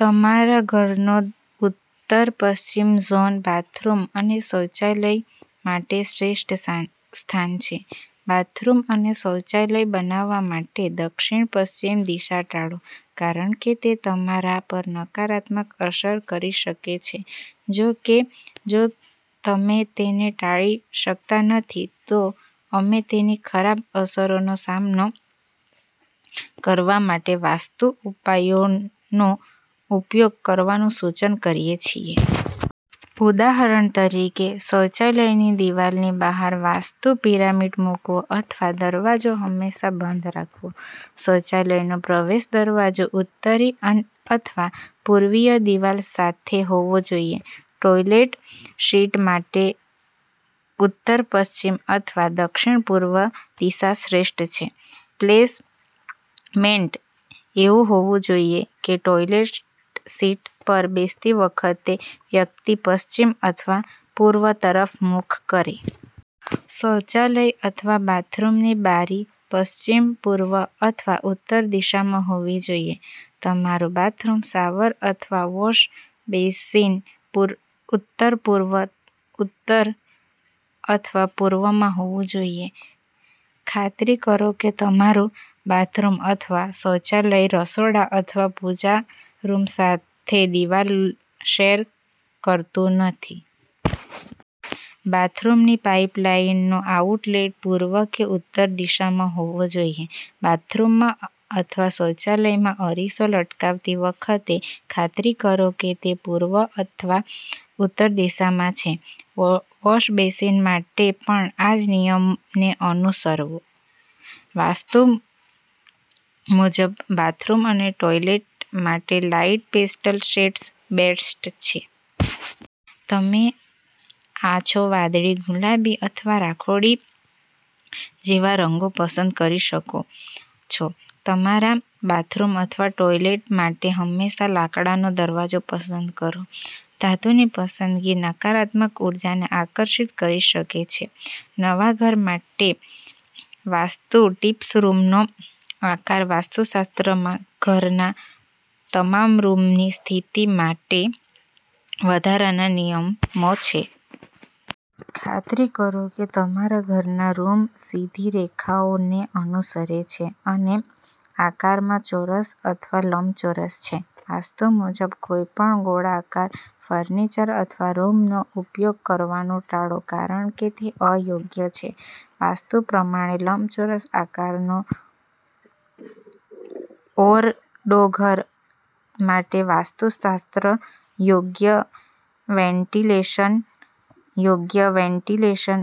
તમારા ઘરનો ઉત્તર-પશ્ચિમ ઝોન બાથરૂમ અને શૌચાલય માટે શ્રેષ્ઠ સ્થાન છે. બાથરૂમ અને શૌચાલય બનાવવા માટે દક્ષિણ-પશ્ચિમ દિશા ટાળો, કારણ કે તે તમારા પર નકારાત્મક અસર કરી શકે છે. જો કે, જો તમે તેને ટાળી શકતા નથી, તો અમે તેની ખરાબ અસરોનો સામનો કરવા માટે વાસ્તુ ઉપાયોનો ઉપયોગ કરવાનું સૂચન કરીએ છીએ. ઉદાહરણ તરીકે, શૌચાલયની દિવાલની બહાર વાસ્તુ પિરામિડ મૂકવો અથવા દરવાજો હંમેશા બંધ રાખવો. શૌચાલયનો પ્રવેશ દરવાજો ઉત્તરી અથવા પૂર્વીય દિવાલ સાથે હોવો જોઈએ. ટોયલેટ સીટ માટે ઉત્તર-પશ્ચિમ અથવા દક્ષિણ-પૂર્વ દિશા શ્રેષ્ઠ છે. પ્લેસમેન્ટ એવું હોવું જોઈએ કે ટોયલેટ સીટ પર બેસતી વખતે વ્યક્તિ પશ્ચિમ અથવા પૂર્વ તરફ મુખ કરે. શૌચાલય અથવા બાથરૂમની બારી પશ્ચિમ, પૂર્વ અથવા ઉત્તર દિશામાં હોવી જોઈએ. તમારું બાથરૂમ શાવર અથવા વૉશ બેસિન ઉત્તરપૂર્વ, ઉત્તર અથવા પૂર્વમાં હોવું જોઈએ. ખાતરી કરો કે તમારું બાથરૂમ અથવા શૌચાલય રસોડા અથવા પૂજા રૂમ સાથે દિવાલ શેર કરતું નથી. બાથરૂમની પાઇપલાઇનનો આઉટલેટ પૂર્વ કે ઉત્તર દિશામાં હોવો જોઈએ. બાથરૂમમાં અથવા શૌચાલયમાં અરીસો લટકાવતી વખતે, ખાતરી કરો કે તે પૂર્વ અથવા ઉત્તર દિશામાં છે. વૉશ બેસિન માટે પણ આ જ નિયમને અનુસરો. વાસ્તુ મુજબ બાથરૂમ અને ટોયલેટ માટે લાઇટ પેસ્ટલ શેડ્સ બેસ્ટ છે. તમે આછો વાદળી, ગુલાબી અથવા રાખોડી જેવા રંગો પસંદ કરી શકો છો. તમારા બાથરૂમ અથવા ટોયલેટ માટે હંમેશા લાકડાનો દરવાજો પસંદ કરો. ધાતુની પસંદગી નકારાત્મક ઊર્જાને આકર્ષિત કરી શકે છે. નવા ઘર માટે વાસ્તુ ટિપ્સરૂમનો આકાર વાસ્તુશાસ્ત્રમાં ઘરના તમામ રૂમની સ્થિતિ માટે વધારાના નિયમો છે. ખાતરી કરો કે તમારા ઘરના રૂમ સીધી રેખાઓને અનુસરે છે અને આકારમાં ચોરસ અથવા લંબચોરસ છે. વાસ્તુ મુજબ કોઈપણ ગોળાકાર ફર્નિચર અથવા રૂમનો ઉપયોગ કરવાનું ટાળો કારણ કે તે અયોગ્ય છે. વાસ્તુ પ્રમાણે લંબચોરસ આકારનો ઓરડોઘર માટે વાસ્તુશાસ્ત્રયોગ્ય વેન્ટિલેશન યોગ્ય વેન્ટિલેશન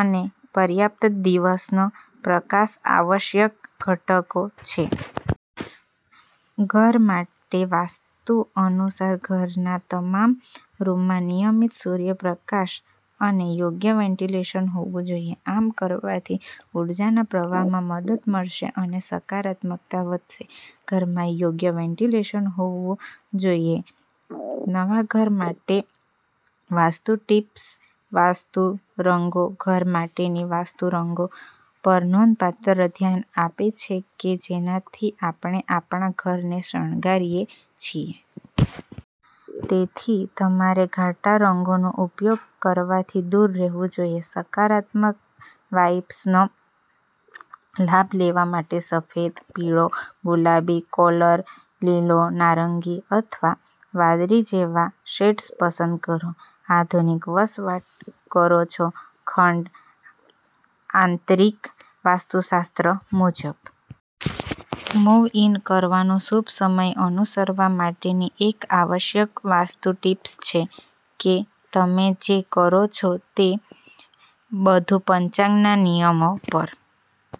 અને પર્યાપ્ત દિવસનો પ્રકાશઆવશ્યક ઘટકો છે. ઘર માટે વાસ્તુ અનુસાર, ઘરના તમામ રૂમમાં નિયમિત સૂર્યપ્રકાશ અને યોગ્ય વેન્ટિલેશન હોવું જોઈએ. આમ કરવાથી ઊર્જાના પ્રવાહમાં મદદ મળશે અને સકારાત્મકતા વધશે. ઘરમાં યોગ્ય વેન્ટિલેશન હોવું જોઈએનવા ઘર માટે વાસ્તુ ટિપ્સવાસ્તુ રંગો ઘર માટેની વાસ્તુરંગો પર નોંધપાત્ર ધ્યાન આપે છે કે જેનાથી આપણે આપણા ઘરને શણગારીએ છીએ. તેથી, તમારે ઘાટા રંગોનો ઉપયોગ કરવાથી દૂર રહેવું જોઈએ. સકારાત્મક વાઇબ્સનો લાભ લેવા માટે સફેદ, પીળો, ગુલાબી, કોરલ, લીલો, નારંગી અથવા વાદળી જેવા શેડ્સ પસંદ કરો. આધુનિક વસવાટ કરો છો ખંડ આંતરિકવાસ્તુશાસ્ત્ર મુજબ મૂવ-ઇન કરવાનો શુભ સમય અનુસરવા માટેની એક આવશ્યક વાસ્તુ ટીપ્સછે કે તમે જે કરો છો તે બધું પંચાંગ ના નિયમો પર